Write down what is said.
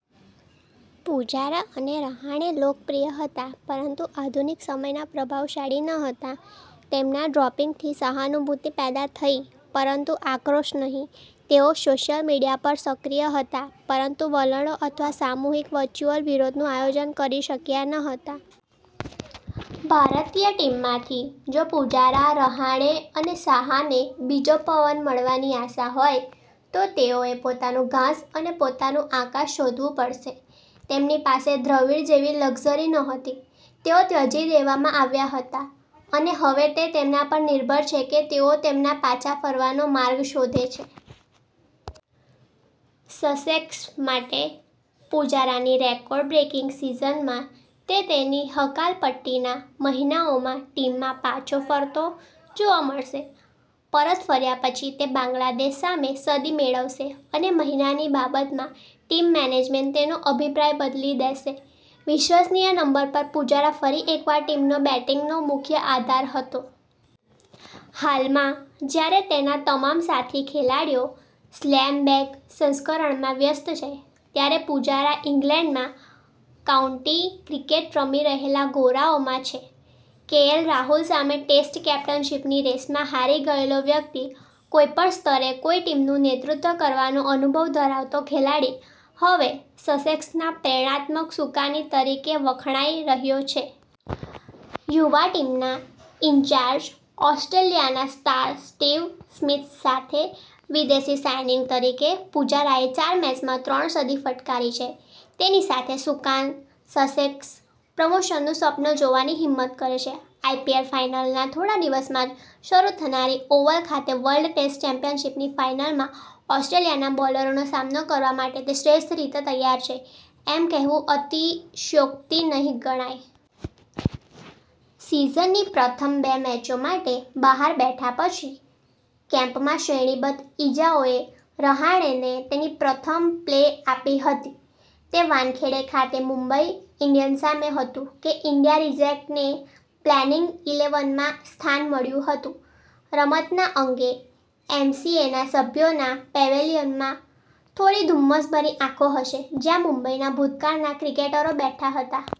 પૂજારા અને રહાણે લોકપ્રિય હતા પરંતુ આધુનિક સમયના પ્રભાવશાળી ન હતા. તેમના ડ્રોપિંગથી સહાનુભૂતિ પેદા થઈ પરંતુ આક્રોશ નહીં. તેઓ સોશિયલ મીડિયા પર સક્રિય હતા પરંતુ વલણો અથવા સામૂહિક વર્ચ્યુઅલ વિરોધનું આયોજન કરી શક્યા ન હતા. ભારતીય ટીમમાંથી, જો પૂજારા, રહાણે અને સાહાને 'બીજો પવન' મળવાની આશા હોય, તો તેઓએ પોતાનું ઘાસ અને પોતાનું આકાશ શોધવું પડશે. તેમની પાસે દ્રવિડ જેવી લક્ઝરી નહોતી. તેઓ ત્યજી દેવામાં આવ્યા હતા અને હવે તે તેમના પર નિર્ભર છે કે તેઓ તેમના પાછા ફરવાનો માર્ગ શોધે છે. સસેક્સ માટે પુજારાની રેકોર્ડ બ્રેકિંગ સિઝનમાં તે તેની હકાલપટ્ટીના મહિનાઓમાં ટીમમાં પાછો ફરતો જોવા મળશે. પરત ફર્યા પછી, તે બાંગ્લાદેશ સામે સદી મેળવશે અને મહિનાની બાબતમાં, ટીમ મેનેજમેન્ટ તેનો અભિપ્રાય બદલી દેશે, વિશ્વસનીય નંબર પર પુજારા ફરી એકવાર ટીમનો બેટિંગનો મુખ્ય આધાર હતો. હાલમાં, જ્યારે તેના તમામ સાથી ખેલાડીઓ સ્લેમ-બેંગ સંસ્કરણમાં વ્યસ્ત છે, ત્યારે પૂજારા ઇંગ્લેન્ડમાં કાઉન્ટી ક્રિકેટ રમી રહેલા ગોરાઓમાં છે. કેએલ રાહુલ સામે ટેસ્ટ કેપ્ટનશીપની રેસમાં હારી ગયેલો વ્યક્તિ, કોઈપણ સ્તરે કોઈ ટીમનું નેતૃત્વ કરવાનો અનુભવ ધરાવતો ખેલાડી, હવે સસેક્સના પ્રેરણાત્મક સુકાની તરીકે વખણાઈ રહ્યો છે. યુવા ટીમના ઈન્ચાર્જ, ઓસ્ટ્રેલિયાના સ્ટાર સ્ટીવ સ્મિથ સાથે વિદેશી સાઈનિંગ તરીકે પુજારાએ ચાર મેચમાં ત્રણ સદી ફટકારી છે. તેની સાથે સુકાન, સસેક્સ પ્રમોશનનું સ્વપ્ન જોવાની હિંમત કરે છે. આઇપીએલ ફાઇનલના થોડા દિવસોમાં જ શરૂ થનારી ઓવલ ખાતે વર્લ્ડ ટેસ્ટ ચેમ્પિયનશિપની ફાઇનલમાં ઓસ્ટ્રેલિયાના બોલરોનો સામનો કરવા માટે તે શ્રેષ્ઠ રીતે તૈયાર છે એમ કહેવું અતિશયોક્તિ નહીં ગણાય. સીઝનની પ્રથમ બે મેચો માટે બહાર બેઠા પછી, કેમ્પમાં શ્રેણીબદ્ધ ઇજાઓએ રહાણેને તેની પ્રથમ પ્લેય આપી હતી. તે વાનખેડે ખાતે મુંબઈ ઈન્ડિયન્સ સામે હતું કે ઈન્ડિયા રિજેક્ટને પ્લેઈંગ ઈલેવનમાં સ્થાન મળ્યું હતું. રમતના અંતે, એમસીએના સભ્યોના પેવેલિયનમાં થોડી ધુમ્મસભરી આંખો હશે, જ્યાં મુંબઈના ભૂતકાળના ક્રિકેટરો બેઠા હતા.